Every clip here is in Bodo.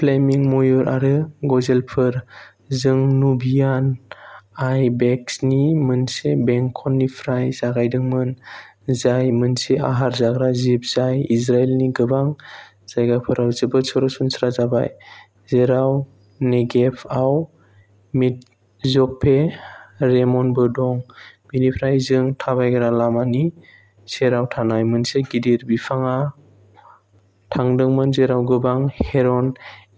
फ्लेमिंग मयुर आरो गजेलफोर जों नुबियान आइबेक्सनि मोनसे बेंखननिफ्राय जागायदोंमोन, जाय मोनसे आहार जाग्रा जिब जाय इजराइलनि गोबां जायगाफोराव जोबोद सरासनस्रा जाबाय, जेराव नेगेभआव मिटजपे रेमनबो दं। बेनिफ्राय जों थाबायग्रा लामानि सेराव थानाय मोनसे गिदिर बिफांआव थांदोंमोन जेराव गोबां हेरन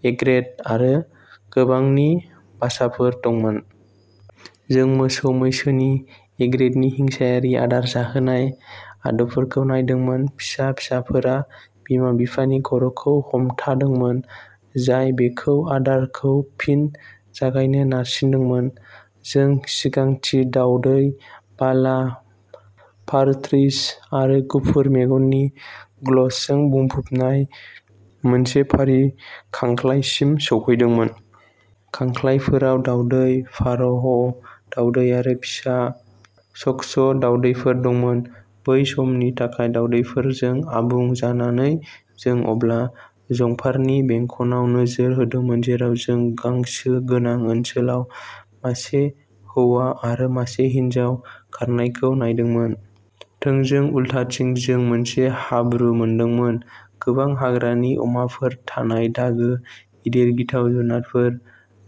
एग्रेट आरो गोबांनि बासाफोर दंमोन। जों मोसौ मैसोनि एग्रेटनि हिंसायारि आदार जाहोनाय आदबफोरखौ नायदोंमोन, फिसा फिसाफोरा बिमा बिफानि खर'खौ हमथादोंमोन, जाय बेखौ आदारखौ फिन जागायनो नारसिनदोंमोन। जों सिगांथि दावदै बाला पार्ट्रिज आरो गुफुर मेगननि ग्लसजों बुंफबनाय मोनसे फारि खांख्लायसिम सौहैदोंमोन। खांख्लायफोराव दावदै, फार'ह, दावदै आरो फिसा सक्स' दावदैफोर दंमोन। बै समनि थाखाय दावफोरजों आबुं जानानै जों अब्ला जंफारनि बेंखनआव नोजोर होदोंमोन जेराव जों गांसो गोनां ओनसोलाव मासे हौवा आरो मासे हिनजाव खारनायखौ नायदोंमोन। थोंजों उल्थाथिं जों मोनसे हाब्रु मोनदोंमोन। गोबां हाग्रानि अमाफोर थानाय दागो गिदिर गिथाव जुनारफोर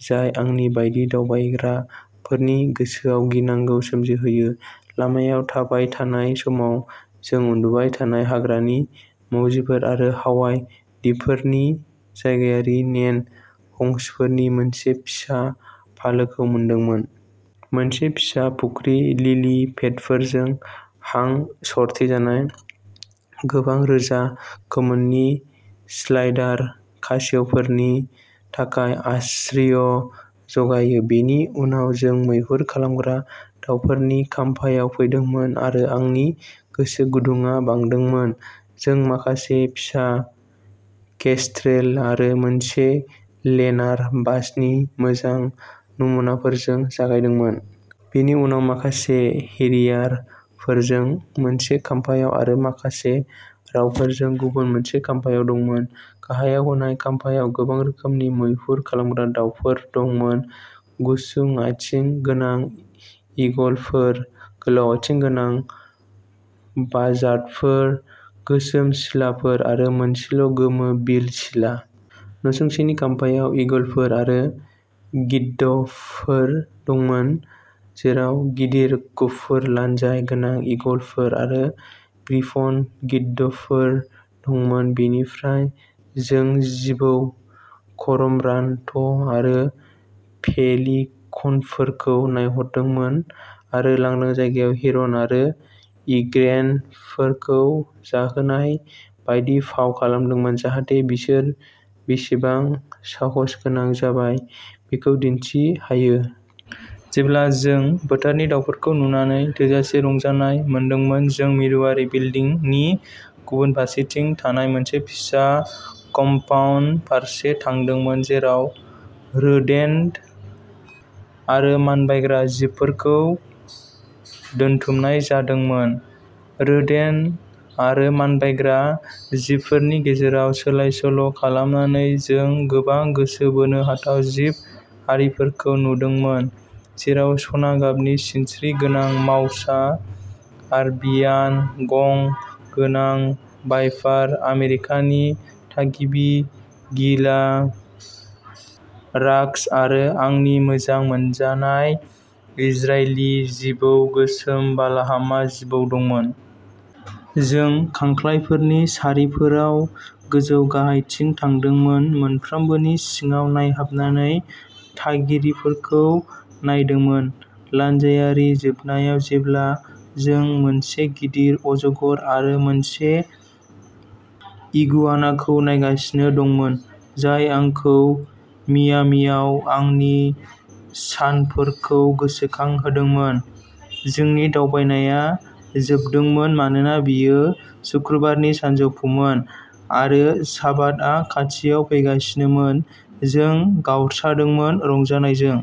जाय आंनि बायदि दावबायग्राफोरनि गोसोआव गिनांगौ सोमजिहोयो। लामायाव थाबाय थानाय समाव जों उन्दुबाय थानाय हाग्रानि मावजिफोर आरो हावाइ दिपफोरनि जायगायारि नेन हंसफोरनि मोनसे फिसा फालोखौ मोनदोंमोन। मोनसे फिसा फुख्रि, लिलि पेडफोरजों हां सरथेजानाय, गोबां गोजा खोमानि स्लाइडार खासेवफोरनि थाखाय आश्रय' जगायो। बेनि उनाव जों मैहुर खालामग्रा दावफोरनि खाम्फायाव फैदोंमोन आरो आंनि गोसो गुदुंया बांदोंमोन। जों माखासे फिसा केस्ट्रेल आरो मोनसे लेनार बाजनि मोजां नमुनाफोरजों जागायदोंमोन। बेनि उनाव, माखासे हेरियारफोरजों मोनसे खाम्फायाव आरो माखासे रावफोरजों गुबुन मोनसे खाम्फायाव दंमोन। गाहायाव होनाय खाम्फायाव गोबां रोखोमनि मैहुर खालामग्रा दावफोर दंमोन गुसुं आथिं गोनां ईगलफोर, गोलाव आथिं गोनां बाजार्डफोर, गोसोम सिलाफोर आरो मोनसेल'गोमो बिल सिला। नसुंसेनि खाम्फायाव ईगलफोर आरो गिद्धफोर दंमोन जेराव गिदिर गुफुर लानजाय गोनां ईगलफोर आरो ग्रिफन गिद्धफोर दंमोन। बेनिफ्राय जों जिबौ करमरान्ट' आरो पेलिकनफोरखौ नायहैदोंमोन आरो लांदां जायगायाव हेरन आरो इग्रेतफोरखौ जाहोनाय बायदि फाव खालामदोंमोन, जाहाथे बिसोर बेसेबां साहसगोनां जाबाय बेखौ दिन्थि हायो। जेब्ला जों फोथारनि दावफोरखौ नुनानै थोजासे रंजानाय मोनदोंमोन जों मिरुआरि बिल्दिंनि गुबुन फारसेथिं थानाय मोनसे फिसा कम्पाउन्ड फारसे थांदोंमोन जेराव रोदेन्ट आरो मानबायग्रा जिबफोरखौ दोनथुमनाय जादोंमोन। रोदेन्ट आरो मानबायग्रा जिबफोरनि गेजेराव सोलाय सोल'खालामनानै जों गोबां गोसो बोनो हाथाव जिब हारिफोरखौ नुदोंमोन जेराव सना गाबनि सिनस्रि गोनां माउसा आरबियान गं गोनां वाइपार आमेरिकानि थागिबि गिला राक्षस आरो आंनि मोजां मोनजानाय इजरायली जिबौ, गोसोम बालाहामा जिबौ दंमोन। जों खांख्लाफोरनि सारिफोराव गोजौ-गाहायथिं थांदोंमोन मोनफ्रोमबोनि सिङाव नायहाबनानै थागिरिफोरखौ नायदोंमोन। लानजायारि जोबनायाव जेब्ला जों मोनसे गिदिर अजगर आरो मोनसे इगुआनाखौ नायगासिनो दंमोन जाय आंखौ मियामीआव आंनि सानफोरखौ गोसोखांहोदोंमोन। जोंनि दावबायनाया जोबदोंमोन मानोना बेयो सुक्रुबारनि सानजौफुमोन आरो शाबातआ खाथियाव फैगासिनोमोन। जों गावस्रादोंमोन रंजानायजों